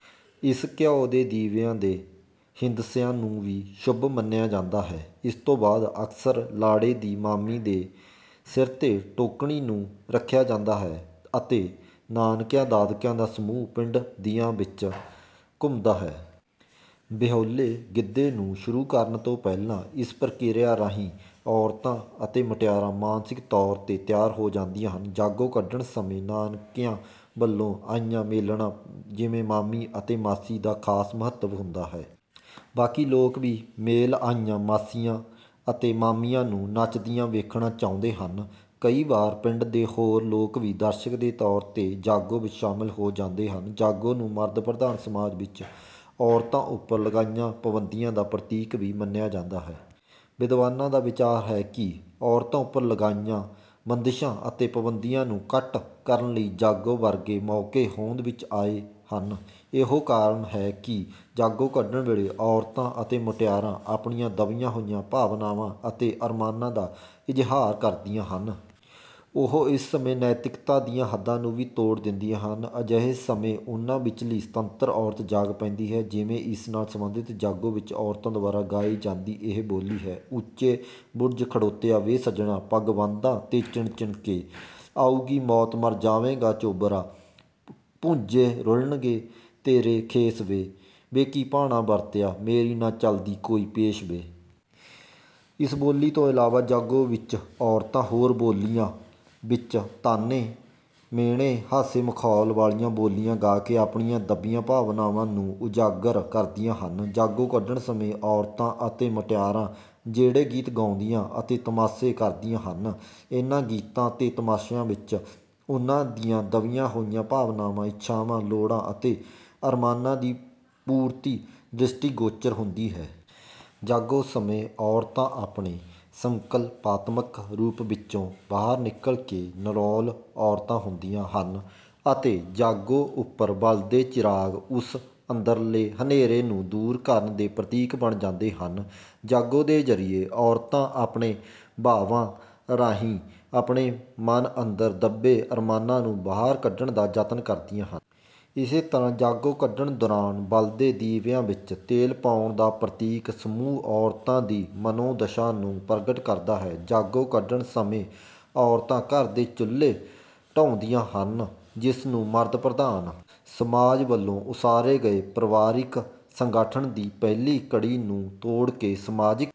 ਇਸ ਘਿਉ ਦੇ ਦੀਵਿਆਂ ਦੇ ਹਿੰਦਸਿਆਂ ਨੂੰ ਵੀ ਸ਼ੁਭ ਮੰਨਿਆ ਜਾਂਦਾ ਹੈ। ਇਸ ਤੋਂ ਬਾਅਦ ਅਕਸਰ ਲਾੜੇ ਦੀ ਮਾਮੀ ਦੇ ਸਿਰ ਤੇ ਟੋਕਣੀ ਨੂੰ ਰੱਖਿਆ ਜਾਂਦਾ ਹੈ ਅਤੇ ਨਾਨਕਿਆਂ ਦਾਦਕਿਆਂ ਦਾ ਸਮੂਹ ਪਿੰਡ ਦੀਆਂ ਵਿੱਚ ਘੁੰਮਦਾ ਹੈ। ਵਿਆਹੁਲੇ ਗਿੱਧੇ ਨੂੰ ਸ਼ੁਰੂ ਕਰਨ ਤੋਂ ਪਹਿਲਾਂ ਇਸ ਪ੍ਰਕਿਰਿਆ ਰਾਹੀਂ ਔਰਤਾਂ ਅਤੇ ਮੁਟਿਆਰਾਂ ਮਾਨਸਿਕ ਤੌਰ ਤੇ ਤਿਆਰ ਹੋ ਜਾਂਦੀਆਂ ਹਨ। ਜਾਗੋ ਕੱਢਣ ਸਮੇਂ ਨਾਨਕਿਆਂ ਵੱਲੋਂ ਆਈਆਂ ਮੇਲਣਾਂ ਜਿਵੇਂ ਮਾਮੀ ਅਤੇ ਮਾਸੀ ਦਾ ਖ਼ਾਸ ਮਹੱਤਵ ਹੁੰਦਾ ਹੈ। ਬਾਕੀ ਲੋਕ ਵੀ ਮੇਲ ਆਈਆਂ ਮਾਸੀਆਂ ਅਤੇ ਮਾਮੀਆਂ ਨੂੰ ਨੱਚਦੀਆਂ ਵੇਖਣਾ ਚਾਹੁੰਦੇ ਹਨ। ਕਈ ਵਾਰ ਪਿੰਡ ਦੇ ਹੋਰ ਲੋਕ ਵੀ ਦਰਸ਼ਕ ਦੇ ਤੌਰ ਤੇ ਜਾਗੋ ਵਿੱਚ ਸ਼ਾਮਿਲ ਹੋ ਜਾਂਦੇ ਹਨ। ਜਾਗੋ ਨੂੰ ਮਰਦ ਪ੍ਰਧਾਨ ਸਮਾਜ ਵਿੱਚ ਔਰਤਾਂ ਉੱਪਰ ਲਗਾਈਆਂ ਪਾਬੰਦੀਆਂ ਦਾ ਪ੍ਰਤੀਕ ਵੀ ਮੰਨਿਆ ਜਾਂਦਾ ਹੈ। ਵਿਦਵਾਨਾਂ ਦਾ ਵਿਚਾਰ ਹੈ ਕਿ ਔਰਤਾਂ ਉੱਪਰ ਲਗਾਈਆਂ ਬੰਦਿਸ਼ਾਂ ਅਤੇ ਪਾਬੰਦੀਆਂ ਨੂੰ ਘੱਟ ਕਰਨ ਲਈ ਜਾਗੋ ਵਰਗੇ ਮੌਕੇ ਹੋਂਦ ਵਿੱਚ ਆਏ ਹਨ। ਇਹੋ ਕਾਰਨ ਹੈ ਕਿ ਜਾਗੋ ਕੱਢਣ ਵੇਲੇ ਔਰਤਾਂ ਅਤੇ ਮੁਟਿਆਰਾਂ ਆਪਣੀਆਂ ਦੱਬੀਆਂ ਹੋਈਆਂ ਭਾਵਨਾਵਾਂ ਅਤੇ ਅਰਮਾਨਾਂ ਦਾ ਇਜ਼ਹਾਰ ਕਰਦੀਆਂ ਹਨ। ਉਹ ਇਸ ਸਮੇਂ ਨੈਤਿਕਤਾ ਦੀਆਂ ਹੱਦਾਂ ਨੂੰ ਵੀ ਤੋੜ ਦਿੰਦੀਆਂ ਹਨ। ਅਜਿਹੇ ਸਮੇਂ ਉਹਨਾਂ ਵਿਚਲੀ 'ਸੁਤੰਤਰ' ਔਰਤ ਜਾਗ ਪੈਂਦੀ ਹੈ। ਜਿਵੇਂ ਇਸ ਨਾਲ ਸੰਬੰਧਿਤ ਜਾਗੋ ਵਿੱਚ ਔਰਤਾਂ ਦੁਆਰਾ ਗਾਈ ਜਾਂਦੀ ਇਹ ਬੋਲੀ ਹੈ: ਉੱਚੇ ਬੁਰਜ ਖੜੋਤਿਆ ਵੇ ਸੱਜਣਾ, ਪੱਗ ਬੰਨ੍ਹਦਾ ਤੇ ਚਿਣ-ਚਿਣ ਕੇ, ਆਊਗੀ ਮੌਤ ਮਰ ਜਾਵੇਂਗਾ ਚੋਬਰਾ, ਭੁੰਜੇ ਰੁਲਣਗੇ ਤੇਰੇ ਖੇਸ ਵੇ, ਵੇ ਕੀ ਭਾਣਾ ਵਰਤਿਆ, ਮੇਰੀ ਨਾ ਚੱਲਦੀ ਕੋਈ ਪੇਸ਼ ਵੇ। ਇਸ ਬੋਲੀ ਤੋਂ ਇਲਾਵਾ ਜਾਗੋ ਵਿੱਚ ਔਰਤਾਂ ਹੋਰ ਬੋਲੀਆਂ ਵਿੱਚ ਤਾਅਨੇ, ਮਿਹਣੇ, ਹਾਸੇ-ਮਖੌਲ ਵਾਲੀਆਂ ਬੋਲੀਆਂ ਗਾ ਕੇ ਆਪਣੀਆਂ ਦੱਬੀਆਂ ਭਾਵਨਾਵਾਂ ਨੂੰ ਉਜਾਗਰ ਕਰਦੀਆਂ ਹਨ। ਜਾਗੋ ਕੱਢਣ ਸਮੇਂ ਔਰਤਾਂ ਅਤੇ ਮੁਟਿਆਰਾਂ ਜਿਹੜੇ ਗੀਤ ਗਾਉਂਦੀਆਂ ਅਤੇ ਤਮਾਸ਼ੇ ਕਰਦੀਆਂ ਹਨ, ਇਹਨਾਂ ਗੀਤਾਂ ਅਤੇ ਤਮਾਸ਼ਿਆਂ ਵਿੱਚ ਉਹਨਾਂ ਦੀਆਂ ਦੱਬੀਆਂ ਹੋਈਆਂ ਭਾਵਨਾਵਾਂ, ਇੱਛਾਵਾਂ, ਲੋੜਾਂ ਅਤੇ ਅਰਮਾਨਾਂ ਦੀ ਪੂਰਤੀ ਦ੍ਰਿਸ਼ਟੀਗੋਚਰ ਹੁੰਦੀ ਹੈ। ਜਾਗੋ ਸਮੇਂ ਔਰਤਾਂ ਆਪਣੇ ਸੰਕਲਪਾਤਮਕ ਰੂਪ ਵਿੱਚੋਂ ਬਾਹਰ ਨਿਕਲ ਕੇ ਨਿਰੋਲ ਔਰਤਾਂ ਹੁੰਦੀਆਂ ਹਨ ਅਤੇ ਜਾਗੋ ਉੱਪਰ ਬਲਦੇ ਚਿਰਾਗ ਉਸ ਅੰਦਰਲੇ ਹਨੇਰੇ ਨੂੰ ਦੂਰ ਕਰਨ ਦੇ ਪ੍ਰਤੀਕ ਬਣ ਜਾਂਦੇ ਹਨ। ਜਾਗੋ ਦੇ ਜ਼ਰੀਏ ਔਰਤਾਂ ਆਪਣੇ ਬਾਵਾਂ ਰਾਹੀਂ ਆਪਣੇ ਮਨ ਅੰਦਰ ਦੱਬੇ ਅਰਮਾਨਾਂ ਨੂੰ ਬਾਹਰ ਕੱਢਣ ਦਾ ਯਤਨ ਕਰਦੀਆਂ ਹਨ। ਇਸੇ ਤਰ੍ਹਾਂ ਜਾਗੋ ਕੱਢਣ ਦੌਰਾਨ ਬਲਦੇ ਦੀਵਿਆਂ ਵਿੱਚ ਤੇਲ ਪਾਉਣ ਦਾ ਪ੍ਰਤੀਕ ਸਮੂਹ ਔਰਤਾਂ ਦੀ ਮਨੋਦਸ਼ਾ ਨੂੰ ਪ੍ਰਗਟ ਕਰਦਾ ਹੈ। ਜਾਗੋ ਕੱਢਣ ਸਮੇਂ ਔਰਤਾਂ ਘਰ ਦੇ ਚੁੱਲ੍ਹੇ ਢਾਹੁੰਦੀਆਂ ਹਨ, ਜਿਸ ਨੂੰ ਮਰਦ ਪ੍ਰਧਾਨ ਸਮਾਜ ਵੱਲੋਂ ਉਸਾਰੇ ਗਏ ਪਰਿਵਾਰਿਕ ਸੰਗਠਨ ਦੀ ਪਹਿਲੀ ਕੜੀ ਨੂੰ ਤੋੜ ਕੇ ਸਮਾਜਿਕ